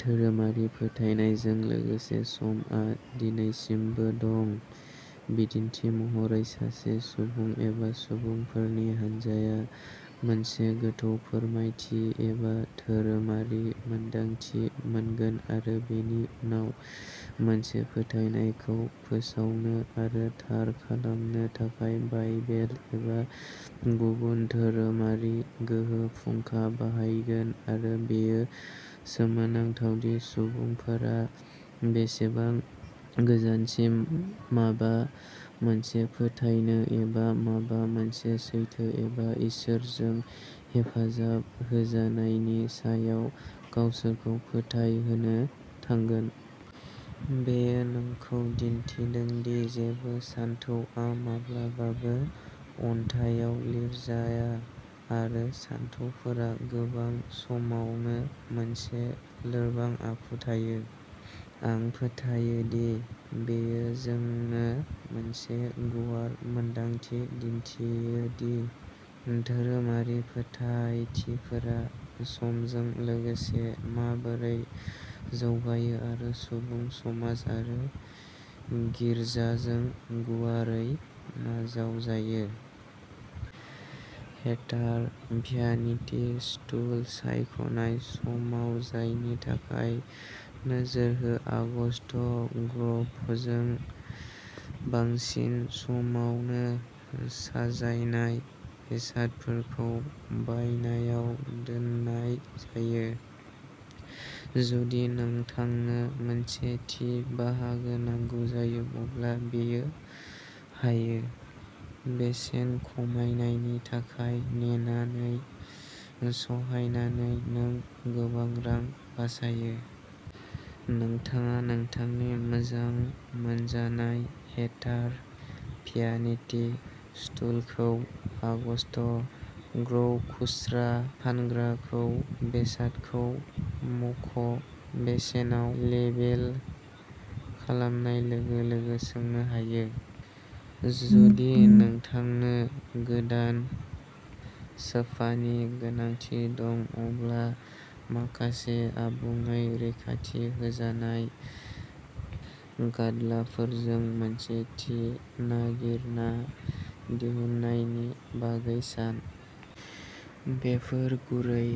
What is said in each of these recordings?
धोरोमारि फोथायनायजों लोगोसे समआ दिनैसिमबो दं। बिदिन्थि महरै सासे सुबुं एबा सुबुंफोरनि हानजाया मोनसे गोथौ फोरमायथि एबा धोरोमारि मोन्दांथि मोनगोन आरो बेनि उनाव मोनसे फोथायनायखौ फोसावनो आरो थार खालामनो थाखाय बाइबेल एबा गुबुन धोरोमारि गोहो फुंखा बाहायगोन आरो बेयो सोमोनांथाव दि सुबुंफोरा बेसेबां गोजानसिम माबा मोनसे फोथायनो एबा माबा मोनसे सैथो एबा इसोरजों हेफाजाब होजानायनि सायाव गावसोरखौ फोथायहोनो थांगोन। बेयो नोंखौ दिन्थिदों दि जेबो सानथौआ माब्लाबाबो अन्थाइआव लिरजाया आरो सानथौफोरा गोबां समावनो मोनसे लोरबां आखु थायो। आं फोथायो दि बेयो जोंनो मोनसे गुवार मोनदांथि दिन्थियो दि धोरोमारि फोथायथिफोरा समजों लोगोसे माबोरै जौगायो आरो सुबुं समाज आरो गिर्जाजों गुवारै नाजावजायो। हेटार भ्यानिटि स्टुल सायख'नाय समाव जायनि थाखाय नोजोर हो आगस्त ग्र'भजों। बांसिन समावनो साजायनाय बेसादफोरखौ बायनायाव दोननाय जायो। जुदि नोंथांनो मोनसे थि बाहागो नांगौ जायो अब्ला बेयो हायो। बेसेन खमायनायनि थाखाय नेनानै सहायनानै नों गोबां रां बासायो। नोंथाङा नोंथांनि मोजां मोनजानाय हेटार भ्यानिटि स्टुलखौ आगस्त ग्र'व खुस्रा फानग्राखौ बेसादखौ मख बेसेनाव लेबेल खालामनाय लोगो लोगो सोंनो हायो। जुदि नोंथांनो गोदान सोफानि गोनांथि दं, अब्ला माखासे आबुङै रैखाथि होजानाय गाद्लाफोरजों मोनसे थि नागिरना दिहुननायनि बागै सान। बेफोर गुरै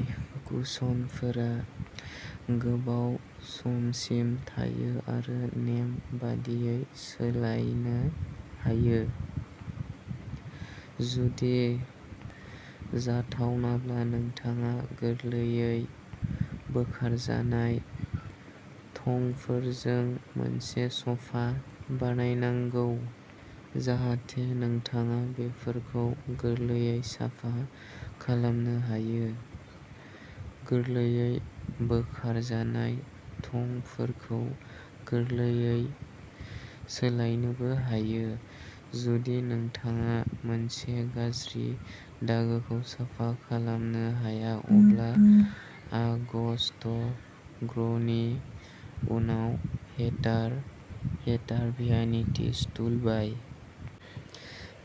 कुशनफोरा गोबाव समसिम थायो आरो नेम बादियै सोलायनो हायो। जुदि जाथावनाब्ला, नोंथाङा गोरलैयै बोखारजानाय थंफोरजों मोनसे स'फा बानायनांगौ जाहाथे नोंथाङा बेफोरखौ गोरलैयै साफा खालामनो हायो। गोरलैयै बोखारजानाय थंफोरखौ गोरलैयै सोलायनोबो हायो, जुदि नोंथाङा मोनसे गाज्रि दागोखौ साफा खालामनो हाया अब्ला आगस्ट ग्र'वनि उनाव हेटार भ्यानिटि स्टुल बाय।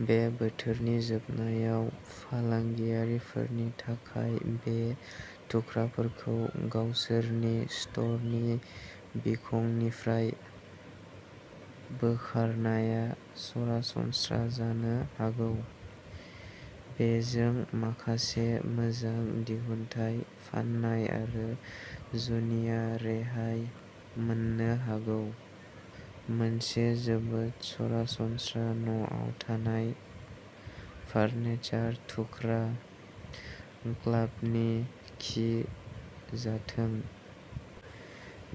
बे बोथोरनि जोबनायाव, फालांगियारिफोरनि थाखाय बे थुख्राफोरखौ गावसोरनि स्ट'रनि बिखंनिफ्राय बोखारनाया सरासनस्रा जानो हागौ। बेजों माखासे मोजां दिहुनथाय फाननाय आरो जुनिया रेहाय मोननो हागौ। मोनसे जोबोद सरासनस्रा न'आव थानाय फार्निचार थुख्रा। क्लाबनि खि जाथों।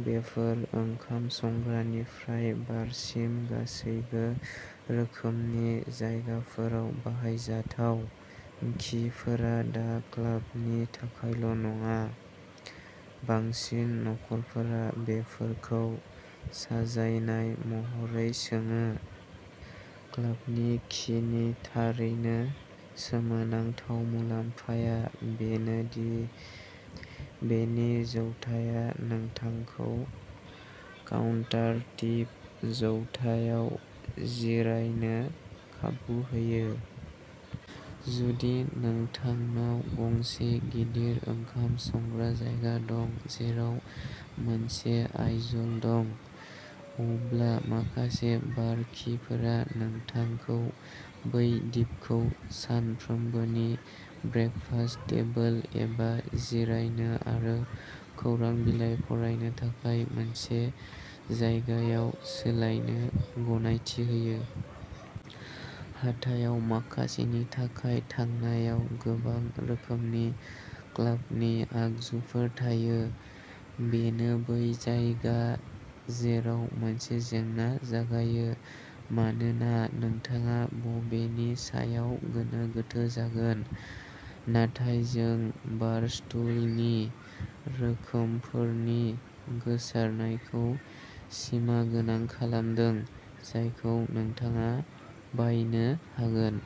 बेफोर ओंखाम संग्रानिफ्राय बारसिम गासैबो रोखोमनि जायगाफोराव बाहायजाथाव। खिफोरा दा क्लाबनि थाखायल' नङा। बांसिन नखरफोरा बेफोरखौ साजायनाय महरै सोङो। क्लाबनि खिनि थारैनो सोमोनांथाव मुलाम्फाया बेनो दि बेनि जौथाया नोंथांखौ काउन्टार-टिप जौथायाव जिरायनो खाबु होयो। जुदि नोंथांनाव गंसे गिदिर ओंखाम संग्रानि जायगा दं, जेराव मोनसे आइजल दं, अब्ला माखासे बार खिफोरा नोंथांखौ बै दिपखौ सानफ्रोमबोनि ब्रेकफास्ट टेबोल एबा जिरायनो आरो खौरां बिलाइ फरायनो थाखाय मोनसे जायगायाव सोलायनो गनायथि होयो। हाथाइआव माखासेनि थाखाय थांनायाव गोबां रोखोमनि क्लाबनि आगजुफोर थायो। बेनो बै जायगा जेराव मोनसे जेंना जागायो मानोना नोंथाङा बबेनि सायाव गोनो गोथो जागोन। नाथाय जों बारस्टुलनि रोखोमफोरनि गोसारनायखौ सिमागोनां खालामदों, जायखौ नोंथाङा बायनो हागोन।